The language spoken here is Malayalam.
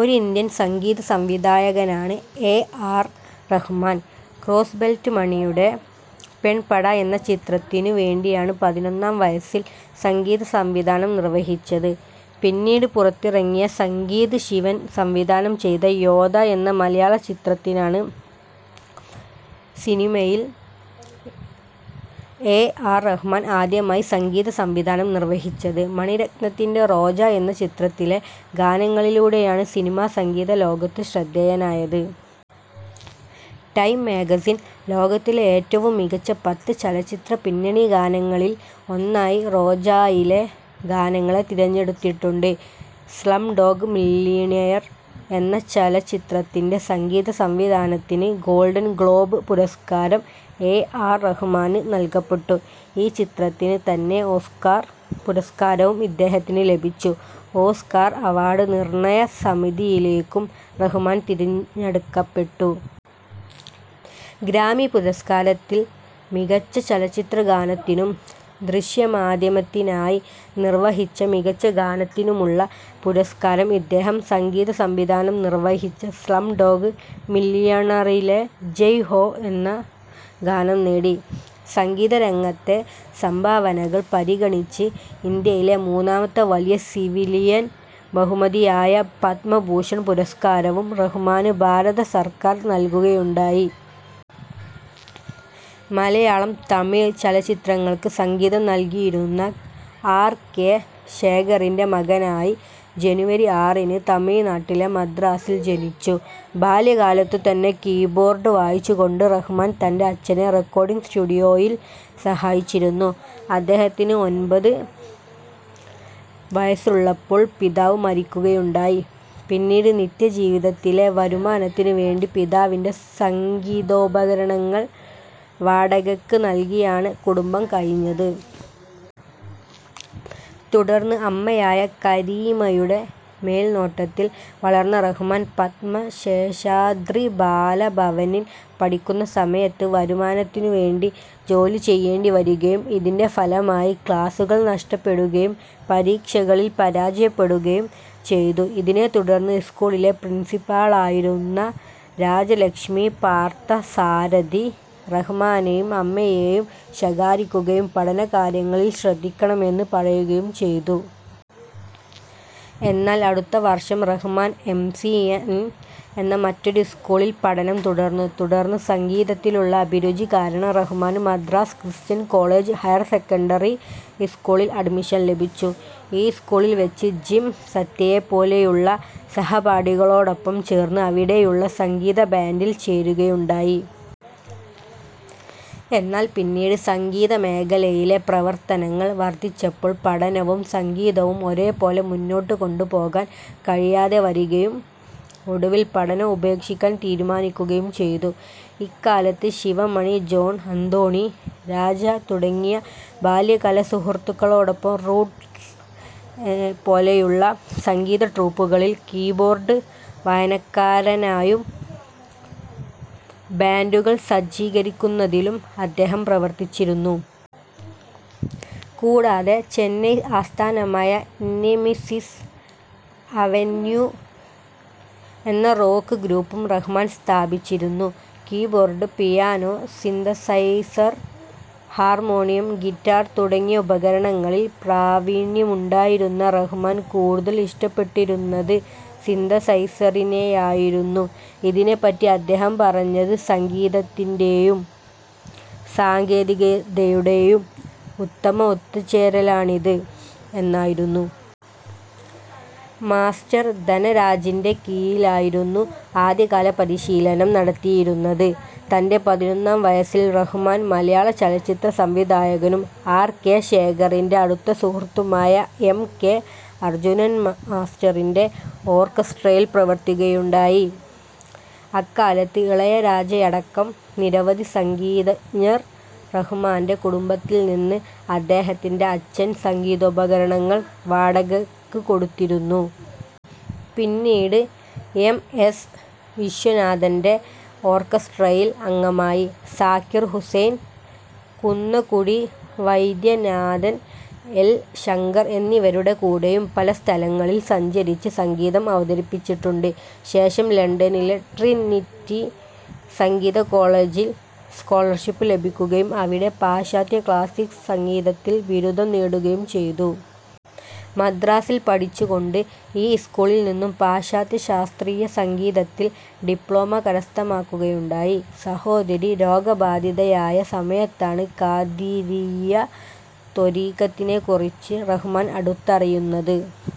ഒരു ഇന്ത്യൻ സംഗീതസംവിധായകനാണ് എ. ആർ. റഹ്മാൻ. ക്രോസ്ബെൽറ്റ് മണിയുടെ പെൺപട എന്ന ചിത്രത്തിനു വേണ്ടിയാണ് പതിനൊന്നാം വയസ്സിൽ സംഗീതസംവിധാനം നിർവഹിച്ചത് .പിന്നീട് പുറത്തിറങ്ങിയ സംഗീത് ശിവൻ സംവിധാനം ചെയ്ത യോദ്ധാ എന്ന മലയാളചലച്ചിത്രത്തിനാണ് സിനിമയിൽ എ. ആർ. റഹ്മാൻ ആദ്യമായി സംഗീതസംവിധാനം നിർവഹിച്ചത്. മണിരത്നത്തിന്റെ റോജാ എന്ന ചിത്രത്തിലെ ഗാനങ്ങളിലൂടെയാണ് സിനിമാ സംഗീതലോകത്ത് ശ്രദ്ധേയനായത്. ടൈം മാഗസിൻ ലോകത്തിലെ ഏറ്റവും മികച്ച പത്ത് ചലച്ചിത്രപിന്നണിഗാനങ്ങളിൽ ഒന്നായി റോജായിലെ ഗാനങ്ങളെ തിരഞ്ഞെടുത്തിട്ടുണ്ട്. സ്ലംഡോഗ് മില്ല്യണയർ എന്ന ചലച്ചിത്രത്തിന്റെ സംഗീതസംവിധാനത്തിന് ഗോൾഡൻ ഗ്ലോബ് പുരസ്കാരം എ. ആർ. റഹ്മാന് നൽകപ്പെട്ടു ഈ ചിത്രത്തിന് തന്നെ ഓസ്കാർ പുരസ്കാരവും ഇദ്ദേഹത്തിന് ലഭിച്ചു. ഓസ്കാർ അവാർഡ് നിർണയ സമിതിയിലേക്കും റഹ്മാൻ തിരഞ്ഞെടുക്കപ്പെട്ടു. ഗ്രാമി പുരസ്കാരത്തിൽ മികച്ച ചലച്ചിത്രഗാനത്തിനും, ദൃശ്യമാദ്ധ്യമത്തിനായി നിർവ്വഹിച്ച മികച്ച ഗാനത്തിനുമുള്ള പുരസ്കാരം ഇദ്ദേഹം സംഗീത സംവിധാനം നിർവ്വഹിച്ച സ്ലം ഡോഗ് മില്യയണറിലെ ജയ് ഹോ എന്ന ഗാനം നേടി. സംഗീത രംഗത്തെ സംഭാവനകൾ പരിഗണിച്ച് ഇന്ത്യയിലെ മൂന്നാമത്തെ വലിയ സിവിലിയൻ ബഹുമതിയായ പത്മഭൂഷൺ പുരസ്കാരവും റഹ്മാന് ഭാരത സർക്കാർ നൽകുകയുണ്ടായി. മലയാളം, തമിഴ് ചലച്ചിത്രങ്ങൾക്ക് സംഗിതം നൽകിയിരുന്ന ആർ. കെ. ശേഖറിന്റെ മകനായി ജനുവരി ആറിന് തമിഴ്നാട്ടിലെ മദ്രാസിൽ ജനിച്ചു. ബാല്യകാലത്തുതന്നെ കീബോർഡ് വായിച്ചുകൊണ്ട് റഹ്മാൻ തന്റെ അച്ഛനെ റെക്കോർഡിങ് സ്റ്റുഡിയോയിൽ സഹായിച്ചിരുന്നു. അദ്ദേഹത്തിന് ഒൻപത് വയസ്സുള്ളപ്പോൾ പിതാവ് മരിക്കുകയുണ്ടായി. പിന്നീട് നിത്യജീവിതത്തിലെ വരുമാനത്തിന് വേണ്ടി പിതാവിന്റെ സംഗിതോപകരണങ്ങൾ വാടകയ്ക്ക് നൽകിയാണ് കുടുംബം കഴിഞ്ഞത്. തുടർന്ന് അമ്മയായ കരീമയുടെ മേൽനോട്ടത്തിൽ വളർന്ന റഹ്മാൻ, പത്മ ശേഷാദ്രി ബാല ഭവനിൽ പഠിക്കുന്ന സമയത്ത് വരുമാനത്തിനുവേണ്ടി ജോലി ചെയ്യേണ്ടി വരികയും ഇതിന്റെ ഫലമായി ക്ലാസ്സുകൾ നഷ്ടപ്പെടുകയും പരീക്ഷകളിൽ പരാജയപ്പെടുകയും ചെയ്തു. ഇതിനെത്തുടർന്ന് സ്കൂളിലെ പ്രിൻസിപ്പാളായിരുന്ന രാജലക്ഷ്മി പാർത്ഥസാരഥി, റഹ്മാനെയും അമ്മയെയും ശകാരിക്കുകയും പഠനകാര്യങ്ങളിൽ ശ്രദ്ധിക്കണമെന്ന് പറയുകയും ചെയ്തു. എന്നാൽ അടുത്തവർഷം റഹ്മാൻ, എം. സി. എൻ എന്ന മറ്റൊരു സ്കൂളിൽ പഠനം തുടർന്നു. തുടർന്ന് സംഗീതത്തിലുള്ള അഭിരുചി കാരണം റഹ്മാന് Madras Christian College higher secondary സ്കൂളിൽ അഡ്മിഷൻ ലഭിച്ചു. ഈ സ്കൂളിൽ വച്ച് ജിം സത്യയെപ്പോലെയുള്ള സഹപാഠികളോടൊപ്പം ചേർന്ന് അവിടെയുള്ള സംഗീത ബാന്റിൽ ചേരുകയുണ്ടായി. എന്നാൽ പിന്നീട് സംഗീതമേഖലയിലെ പ്രവർത്തനങ്ങൾ വർധിച്ചപ്പോൾ പഠനവും സംഗീതവും ഒരേപോലെ മുന്നോട്ടുകൊണ്ടുപോകാൻ കഴിയാതെ വരികയും ഒടുവിൽ പഠനം ഉപേക്ഷിക്കാൻ തീരുമാനിക്കുകയും ചെയ്തു. ഇക്കാലത്ത് ശിവമണി, ജോൺ അന്തോണി, രാജ തുടങ്ങിയ ബാല്യകാല സുഹൃത്തുക്കളോടൊപ്പം " റൂട്ട്സ് " പോലെയുള്ള സംഗീത ട്രൂപ്പുകളിൽ കീബോർഡ് വായനക്കാരനായും ബാൻഡുകൾ സജ്ജീകരിക്കുന്നതിലും അദ്ദേഹം പ്രവർത്തിച്ചിരുന്നു. കൂടാതെ ചെന്നൈ ആസ്ഥാനമായ " നെമിസിസ് അവെന്യു " എന്ന റോക്ക് ഗ്രൂപ്പും റഹ്മാൻ സ്ഥാപിച്ചിരുന്നു. Keyboard, piano, synthesiser, harmonium, guitar തുടങ്ങിയ ഉപകരണങ്ങളിൽ പ്രാവീണ്യമുണ്ടായിരുന്ന റഹ്മാൻ, കൂടുതൽ ഇഷ്ടപ്പെട്ടിരുന്നത് സിന്തസൈസറിനെയായിരുന്നു. ഇതിനെപറ്റി അദ്ദേഹം പറഞ്ഞത് " സംഗീതത്തിന്റേയും സാങ്കേതികതയുടേയും ഉത്തമ ഒത്തുചേരലാണിത് " എന്നായിരുന്നു. മാസ്റ്റർ ധനരാജിന്റെ കീഴിലായിരുന്നു ആദ്യകാല പരിശീലനം നടത്തിയിരുന്നത്. തന്റെ പതിനൊന്നാം വയസ്സിൽ റഹ്മാൻ, മലയാള ചലച്ചിത്ര സംവിധായകനും ആർ. കെ. ശേഖറിന്റെ അടുത്ത സുഹൃത്തുമായ എം. കെ. അർജുനൻ മാസ്റ്ററിന്റെ ഓർക്കസ്ട്രയിൽ പ്രവർത്തിക്കുകയുണ്ടായി. അക്കാലത്ത് ഇളയരാജയടക്കം നിരവധി സംഗീതഞ്ജർ റഹ്മാന്റെ കുടുംബത്തിൽ നിന്ന് അദ്ദേഹത്തിന്റെ അച്ഛന്റെ സംഗീതോപകരണങ്ങൾ വാടകയ്ക്കെടുത്തിരുന്നു. പിന്നീട് എം. എസ്. വിശ്വനാഥന്റെ ഓർക്കസ്ട്രയിൽ അംഗമായി. സാക്കിർ ഹുസൈൻ, കുന്നക്കുടി വൈദ്യനാഥൻ, എൽ. ശങ്കർ എന്നിവരുടെ കൂടെയും പല സ്ഥലങ്ങളിൽ സഞ്ചരിച്ച് സംഗീതം അവതരിപ്പിച്ചിട്ടുണ്ട്. ശേഷം ലണ്ടനിലെ ട്രിനിറ്റി സംഗീത കോളേജിൽ സ്കോളർഷിപ്പ് ലഭിക്കുകയും അവിടെ പാശ്ചാത്യ ക്ലാസിക്ക് സംഗീതത്തിൽ ബിരുദം നേടുകയും ചെയ്തു. മദ്രാസിൽ പഠിച്ചുകൊണ്ട്, ഈ സ്കൂളിൽ നിന്നും പാശ്ചാത്യ ശാസ്ത്രീയ സംഗീതത്തിൽ ഡിപ്ലോമ കരസ്ഥമാക്കുകയുണ്ടായി. സഹോദരി രോഗബാധിതയായ സമയത്താണ് ഖാദിരിയ്യ ത്വരീഖത്തിനെക്കുറിച്ച് റഹ്മാൻ അടുത്തറിയുന്നത്.